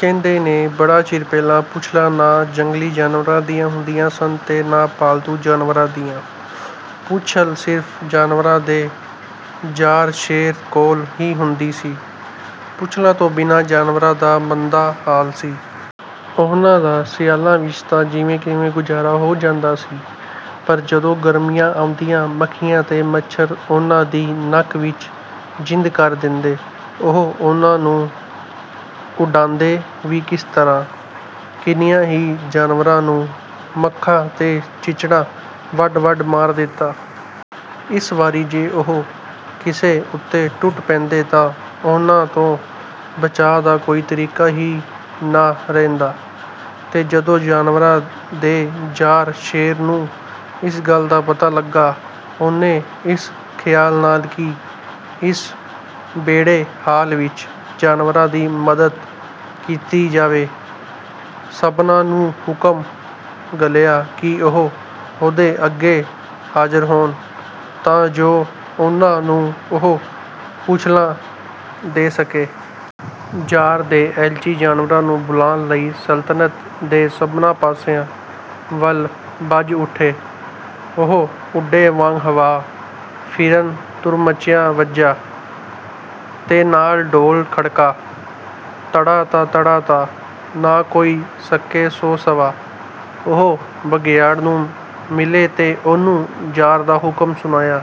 ਕਹਿੰਦੇ ਨੇ, ਬੜਾ ਚਿਰ ਪਹਿਲਾਂ ਪੂਛਲਾਂ ਨਾ ਜੰਗਲੀ ਜਾਨਵਰਾਂ ਦੀਆਂ ਹੁੰਦੀਆਂ ਸਨ ਤੇ ਨਾ ਪਾਲਤੂ ਜਾਨਵਰਾਂ ਦੀਆਂ। ਪੂਛਲ ਸਿਰਫ਼ ਜਾਨਵਰਾਂ ਦੇ ਜ਼ਾਰ, ਸ਼ੇਰ, ਕੋਲ ਹੀ ਹੁੰਦੀ ਸੀ। ਪੂਛਲਾਂ ਤੋਂ ਬਿਨਾਂ ਜਾਨਵਰਾਂ ਦਾ ਮੰਦਾ ਹਾਲ ਸੀ। ਉਹਨਾਂ ਦਾ ਸਿਆਲਾਂ ਵਿੱਚ ਤਾਂ ਜਿਵੇਂ-ਕਿਵੇਂ ਗੁਜ਼ਾਰਾ ਹੋ ਜਾਂਦਾ ਸੀ, ਪਰ ਜਦੋਂ ਗਰਮੀਆਂ ਆਉਂਦੀਆਂ, ਮੱਖੀਆਂ ਤੇ ਮੱਛਰ ਉਹਨਾਂ ਦੀ ਨੱਕ ਵਿੱਚ ਜਿੰਦ ਕਰ ਦੇਂਦੇ! ਉਹ ਉਹਨਾਂ ਨੂੰ ਉਡਾਂਦੇ ਵੀ ਕਿਸ ਤਰ੍ਹਾਂ? ਕਿੰਨਿਆਂ ਹੀ ਜਾਨਵਰਾਂ ਨੂੰ ਮੱਖਾਂ ਤੇ ਚਿੱਚੜਾਂ ਵੱਢ-ਵੱਢ ਮਾਰ ਦਿੱਤਾ! ਇੱਸ ਵਾਰੀ ਜੇ ਉਹ ਕਿਸੇ ਉਤੇ ਟੁੱਟ ਪੈਂਦੇ, ਤਾਂ ਉਹਨਾਂ ਤੋਂ ਬਚਾਅ ਦਾ ਕੋਈ ਤਰੀਕਾ ਹੀ ਨਾ ਰਹਿੰਦਾ। ਤੇ ਜਦੋਂ ਜਾਨਵਰਾਂ ਦੇ ਜ਼ਾਰ, ਸ਼ੇਰ, ਨੂੰ ਇਸ ਗੱਲ ਦਾ ਪਤਾ ਲੱਗਾ, ਉਹਨੇ ਇਸ ਖ਼ਿਆਲ ਨਾਲ ਕਿ ਇਸ ਭੈੜੇ ਹਾਲ ਵਿੱਚ ਜਾਨਵਰਾਂ ਦੀ ਮਦਦ ਕੀਤੀ ਜਾਵੇ, ਸਭਨਾਂ ਨੂੰ ਹੁਕਮ ਘੱਲਿਆ ਕਿ ਉਹ ਉਹਦੇ ਅੱਗੇ ਹਾਜ਼ਰ ਹੋਣ, ਤਾਂ ਜੋ ਉਹਨਾਂ ਨੂੰ ਉਹ ਪੂਛਲਾਂ ਦੇ ਸਕੇ। ਜ਼ਾਰ ਦੇ ਏਲਚੀ ਜਾਨਵਰਾਂ ਨੂੰ ਬੁਲਾਣ ਲਈ ਸਲਤਨਤ ਦੇ ਸਭਨਾਂ ਪਾਸਿਆਂ ਵੱਲ ਭੱਜ ਉੱਠੇ। ਉਹ ਉੱਡੇ ਵਾਂਗ ਹਵਾ, ਫਿਰਨ ਤੁਰਮਚੀਆਂ ਵਜਾ, ਤੇ ਨਾਲੇ ਢੋਲ ਖੜਕਾ, ਤੜਾ-ਤਾ, ਤੜਾ-ਤਾ! ਨਾ ਕੋਈ ਸਕੇ ਸੌ ਸਵਾ। ਉਹ ਬਘਿਆੜ ਨੂੰ ਮਿਲੇ ਤੇ ਉਹਨੂੰ ਜ਼ਾਰ ਦਾ ਹੁਕਮ ਸੁਣਾਇਆ।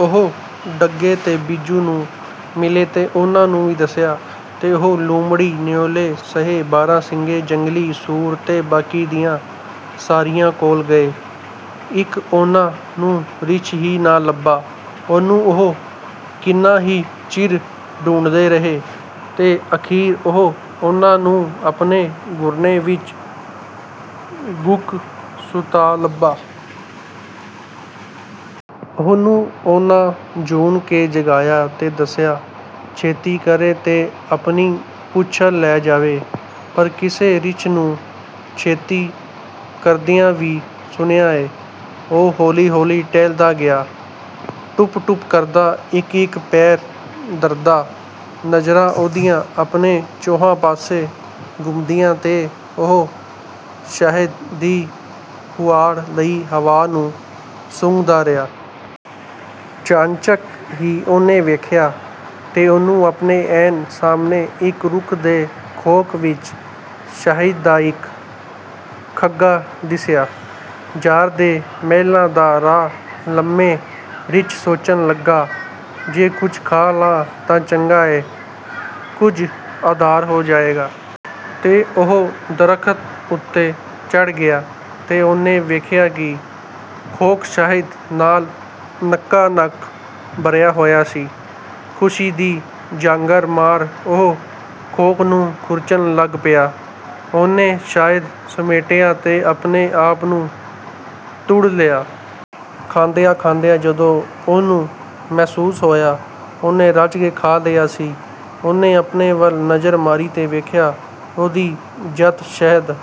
ਉਹ ਢੱਗੇ ਤੇ ਬਿੱਜੂ ਨੂੰ ਮਿਲੇ, ਤੇ ਉਹਨਾਂ ਨੂੰ ਵੀ ਦੱਸਿਆ। ਤੇ ਉਹ ਲੂੰਮੜੀ, ਨਿਉਲੇ, ਸਹੇ, ਬਾਰਾਂ-ਸਿੰਙੇ, ਜੰਗਲੀ ਸੂਰ ਤੇ ਬਾਕੀ ਦਿਆਂ ਸਾਰਿਆਂ ਕੋਲ ਗਏ। ਇੱਕ ਉਹਨਾਂ ਨੂੰ ਰਿੱਛ ਹੀ ਨਾ ਲੱਭਾ। ਉਹਨੂੰ ਉਹ ਕਿੰਨਾ ਹੀ ਚਿਰ ਢੂੰਡਦੇ ਰਹੇ, ਤੇ ਅਖ਼ੀਰ ਉਹ ਉਹਨਾਂ ਨੂੰ ਆਪਣੇ ਘੁਰਨੇ ਵਿੱਚ ਘੂਕ ਸੁੱਤਾ ਲੱਭਾ। ਉਹਨੂੰ ਉਹਨਾਂ ਝੂਣ ਕੇ ਜਗਾਇਆ ਤੇ ਦੱਸਿਆ, ਛੇਤੀ ਕਰੇ ਤੇ ਆਪਣੀ ਪੂਛਲ ਲੈ ਆਵੇ। ਪਰ ਕਿਸੇ ਰਿੱਛ ਨੂੰ ਛੇਤੀ ਕਰਦਿਆਂ ਵੀ ਸੁਣਿਆ ਏਂ! ਉਹ ਹੌਲੀ-ਹੌਲੀ ਟਹਿਲਦਾ ਗਿਆ, ਟੁਪ-ਟੁਪ ਕਰਦਾ, ਇੱਕ-ਇੱਕ ਪੈਰ ਧਰਦਾ; ਨਜ਼ਰਾਂ ਉਹਦੀਆਂ ਆਪਣੇ ਚੌਹਾਂ ਪਾਸੇ ਘੁੰਮਦੀਆਂ, ਤੇ ਉਹ ਸ਼ਹਿਦ ਦੀ ਹੁਆੜ ਲਈ ਹਵਾ ਨੂੰ ਸੁੰਘਦਾ ਰਿਹਾ। ਚਾਣਚਕ ਹੀ ਉਹਨੇ ਵੇਖਿਆ, ਤੇ ਉਹਨੂੰ ਆਪਣੇ ਐਨ ਸਾਹਮਣੇ, ਇਕ ਰੁੱਖ ਦੇ ਖੋਖ ਵਿੱਚ, ਸ਼ਹਿਦ ਦਾ ਇੱਕ ਖੱਗਾ ਦਿਸਿਆ। "ਜ਼ਾਰ ਦੇ ਮਹਿਲਾਂ ਦਾ ਰਾਹ ਲੰਮੈਂ," ਰਿੱਛ ਸੋਚਣ ਲੱਗਾ। "ਜੇ ਕੁਝ ਖਾ ਲਾਂ, ਤਾਂ ਚੰਗਾ ਏ, ਕੁਝ ਆਧਾਰ ਹੋ ਜਾਏਗਾ।" ਤੇ ਉਹ ਦਰਖ਼ਤ ਉਤੇ ਚੜ੍ਹ ਗਿਆ ਤੇ ਉਹਨੇ ਵੇਖਿਆ ਕਿ ਖੋਖ ਸ਼ਹਿਦ ਨਾਲ ਨਕਾ-ਨਕ ਭਰਿਆ ਹੋਇਆ ਸੀ! ਖੁਸ਼ੀ ਦੀ ਜਾਂਗਰ ਮਾਰ ਉਹ ਖੋਖ ਨੂੰ ਖੁਰਚਣ ਲੱਗ ਪਿਆ। ਉਹਨੇ ਸ਼ਹਿਦ ਸਮੇਟਿਆ ਤੇ ਆਪਣੇ ਆਪ ਨੂੰ ਤੂੜ ਲਿਆ। ਖਾਂਦਿਆਂ-ਖਾਂਦਿਆਂ ਜਦੋਂ ਉਹਨੂੰ ਮਹਿਸੂਸ ਹੋਇਆ, ਉਹਨੇ ਰੱਜ ਕੇ ਖਾ ਲਿਆ ਸੀ, ਉਹਨੇ ਆਪਣੇ ਵੱਲ ਨਜ਼ਰ ਮਾਰੀ ਤੇ ਵੇਖਿਆ, ਉਹਦੀ ਜੱਤ ਸ਼ਹਿਦ